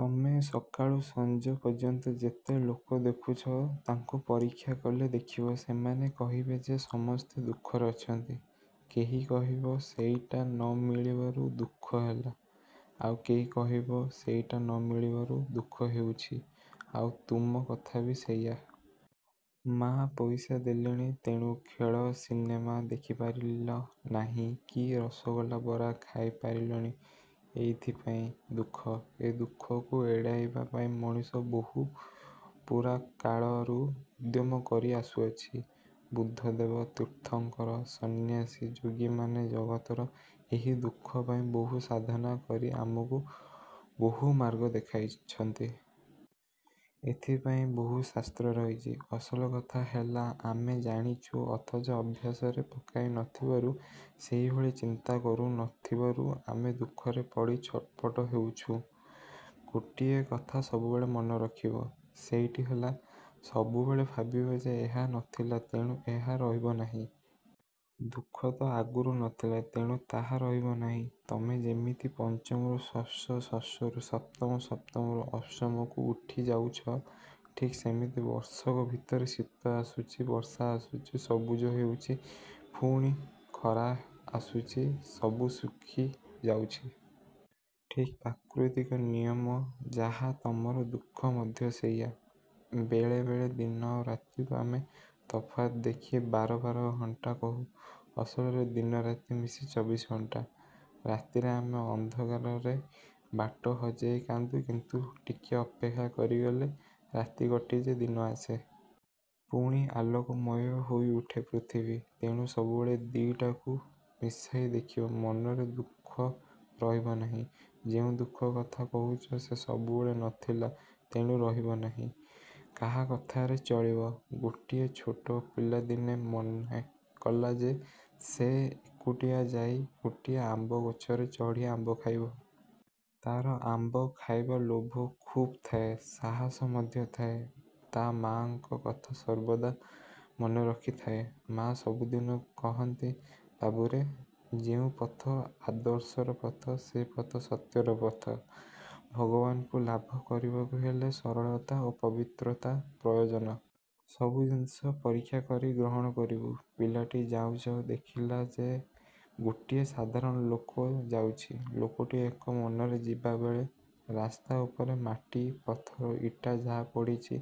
ତମେ ସକାଳୁ ସଞ୍ଜ ପର୍ଯ୍ୟନ୍ତ ଯେତେ ଲୋକ ଦେଖୁଛ ତାଙ୍କୁ ପରୀକ୍ଷା କଲେ ଦେଖିବ, ସେମାନେ କହିବେ ଯେ ସମସ୍ତେ ଦୁଃଖରେ ଅଛନ୍ତି। କେହି କହିବ, ସେଇଟା ନ ମିଳିବାରୁ ଦୁଃଖ ହେଲା। ଆଉ କେହି କହିବ ସେଇଟା ନ ମିଳିବାରୁ ଦୁଃଖ ହେଉଛି। ଆଉ ତୁମ କଥା ବି ସେଇୟା-। ମା' ପଇସା ଦେଲେନି ତେଣୁ ଖେଳ ସିନେମା ଦେଖିପାରିଲ ନାହିଁ କି ରସଗୋଲା ବରା ଖାଇ ପାରିଲନି। ଏଇଥିପାଇଁ। ଦୁଃଖ। ଏ ଦୁଃଖକୁ ଏଡ଼ାଇବା ପାଇଁ ମଣିଷ ବହୁ ପୁରାକାଳରୁ ଉଦ୍ୟମ କରି ଆସୁଅଛି। ବୁଦ୍ଧଦେବ, ତୀର୍ଥଙ୍କର, ସନ୍ନ୍ୟାସୀ ଯୋଗୀମାନେ ଜଗତର ଏହି ଦୁଃଖ ପାଇଁ ବହୁ ସାଧନା କରି ଆମକୁ ବହୁମାର୍ଗ ଦେଖାଇଛନ୍ତି। ଏଥିପାଇଁ ବହୁ ଶାସ୍ତ୍ର ରହିଛି। ଅସଲ କଥା ହେଲା ଆମେ ଜାଣିଛୁ, ଅଥଚ ଅଭ୍ୟାସରେ ପକାଇ ନ ଥିବାରୁ, ସେଇଭଳି ଚିନ୍ତା କରୁ ନ ଥିବାରୁ ଆମେ ଦୁଃଖରେ ପଡ଼ି ଛଟପଟ ହେଉଛୁଁ। ଗୋଟିଏ କଥା ସବୁବେଳେ ମନେ ରଖିବ। ସେଇଟି ହେଲା ସବୁବେଳେ ଭାବିବ ଯେ ''ଏହା ନ ଥିଲା, ତେଣୁ ଏହା ରହିବ ନାହିଁ। '' ଦୁଃଖତ ଆଗରୁ ନ ଥିଲା, ତେଣୁ ତାହା ରହିବ ନାହିଁ। ତମେ ଯେମିତି ପଞ୍ଚମରୁ ଷଷ୍ଠ, ଷଷ୍ଠରୁ ସପ୍ତମ, ସପ୍ତମରୁ ଅଷ୍ଟମକୁ ଉଠି ଯାଉଛ, ଠିକ୍ ସେମିତି ବର୍ଷକ ଭିତରେ ଶୀତ ଆସୁଛି, ବର୍ଷା ଆସୁଛି, ସବୁଜ ହେଉଛି, ପୁଣି ଖରା ଆସୁଛି, ସବୁ ଶୁଖି ଯାଉଛି। ଠିକ୍ ପ୍ରାକୃତିକ ନିୟମ ଯାହା, ତମର ଦୁଃଖ ମଧ୍ୟ ସେଇଆ। ବେଳେ ବେଳେ ଦିନ ଆଉ ରାତିକୁ ଆମେ ତଫାତ୍ ଦେଖି ବାର ବାର ଘଣ୍ଟା କହୁ। ଅସଲରେ ଦିନରାତି ମିଶି ଚବିଶ ଘଣ୍ଟା। ରାତିରେ ଆମେ ଅନ୍ଧକାରରେ ବାଟ ହଜାଇ କାନ୍ଦୁ, କିନ୍ତୁ ଟିକିଏ ଅପେକ୍ଷା କରିଗଲେ ରାତି କଟିଯାଏ, ଦିନ ଆସେ। ପୁଣି ଆଲୋକମୟ ହୋଇଉଠେ ପୃଥିବୀ। ତେଣୁ ସବୁବେଳେ ଦି'ଟାକୁ ମିଶାଇ ଦେଖିବ। ମନରେ ଦୁଃଖ ରହିବ ନାହିଁ। ଯେଉଁ ଦୁଃଖ କଥା କହୁଛ, ସେ ସବୁବେଳେ ନ ଥିଲା, ତେଣୁ ରହିବ ନାହିଁ। କାହା କଥାରେ ଚଳିବ? ଗୋଟିଏ ଛୋଟ ପିଲା ଦିନେ ମନେକଲା ଯେ ସେ ଏକୁଟିଆ ଯାଇ ଗୋଟିଏ ଆମ୍ବଗଛରେ ଚଢ଼ି ଆମ୍ବ ଖାଇବ। ତା'ର ଆମ୍ବ ଖାଇବା ଲୋଭ ଖୁବ୍ ଥାଏ। ସାହସ ମଧ୍ୟ ଥାଏ। ତା' ମା'ଙ୍କ କଥା ସର୍ବଦା ମନେ ରଖିଥାଏ। ମା ସବୁଦିନ କହନ୍ତି, ''ବାବୁରେ, ଯେଉଁ ପଥ ଆଦର୍ଶର ପଥ, ସେ ପଥ ସତ୍ୟର ପଥ। ଭଗବାନଙ୍କୁ ଲାଭ କରିବାକୁ ହେଲେ ସରଳତା ଓ ପବିତ୍ରତା ପ୍ରୟୋଜନ। ସବୁ ଜିନିଷ ପରୀକ୍ଷା କରି ଗ୍ରହଣ କରିବୁ। '' ପିଲାଟି ଯାଉଁ ଯାଉଁ ଦେଖିଲା ଯେ ଗୋଟିଏ ସାଧାରଣ ଲୋକ ଯାଉଛି। ଲୋକଟି ଏକ ମନରେ ଯିବାବେଳେ ରାସ୍ତା ଉପରେ ମାଟି-ପଥର-ଇଟା ଯାହା ପଡ଼ିଛି,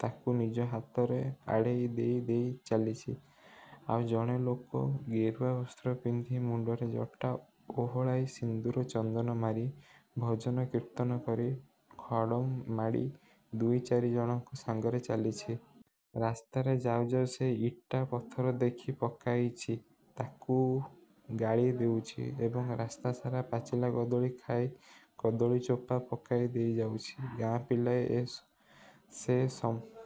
ତାକୁ ନିଜ ହାତରେ ଆଡ଼େଇ ଦେଇ ଦେଇ ଚାଲିଛି। ଆଉ ଜଣେ ଲୋକ ଗେରୁଆ ବସ୍ତ୍ର ପିନ୍ଧି, ମୁଣ୍ତରେ ଜଟା ଓହଳାଇ ସିନ୍ଦୂର-ଚନ୍ଦନ ମାରି, ଭଜନ-କୀର୍ତ୍ତନ କରି, ଖଡ଼ମ ମାଡ଼ି ଦୁଇଚାରିଜଣଙ୍କ ସାଙ୍ଗରେ ଚାଲିଛି। ରାସ୍ତାରେ ଯାଉ ଯାଉ ସେ ଇଟା-ପଥର ଦେଖି, ପକାଇଛି ତାକୁ ଗାଳି ଦେଉଛି ଏବଂ ରାସ୍ତାସାରା ପାଚିଲା କଦଳୀ ଖାଇ କଦଳୀ ଚୋପା ପକାଇ ଦେଇ ଯାଉଛି। ଗାଁ ପିଲାଏ ସେ ରାସ୍ତାରେ ଦଉଡ଼ି ଦଉଡ଼ି ଗଲାବେଳେ ତାଙ୍କର ଗୋଡ଼ ଖସିଯିବାରୁ ପଡ଼ି କାନ୍ଦିଲେ। ଗେରୁଆ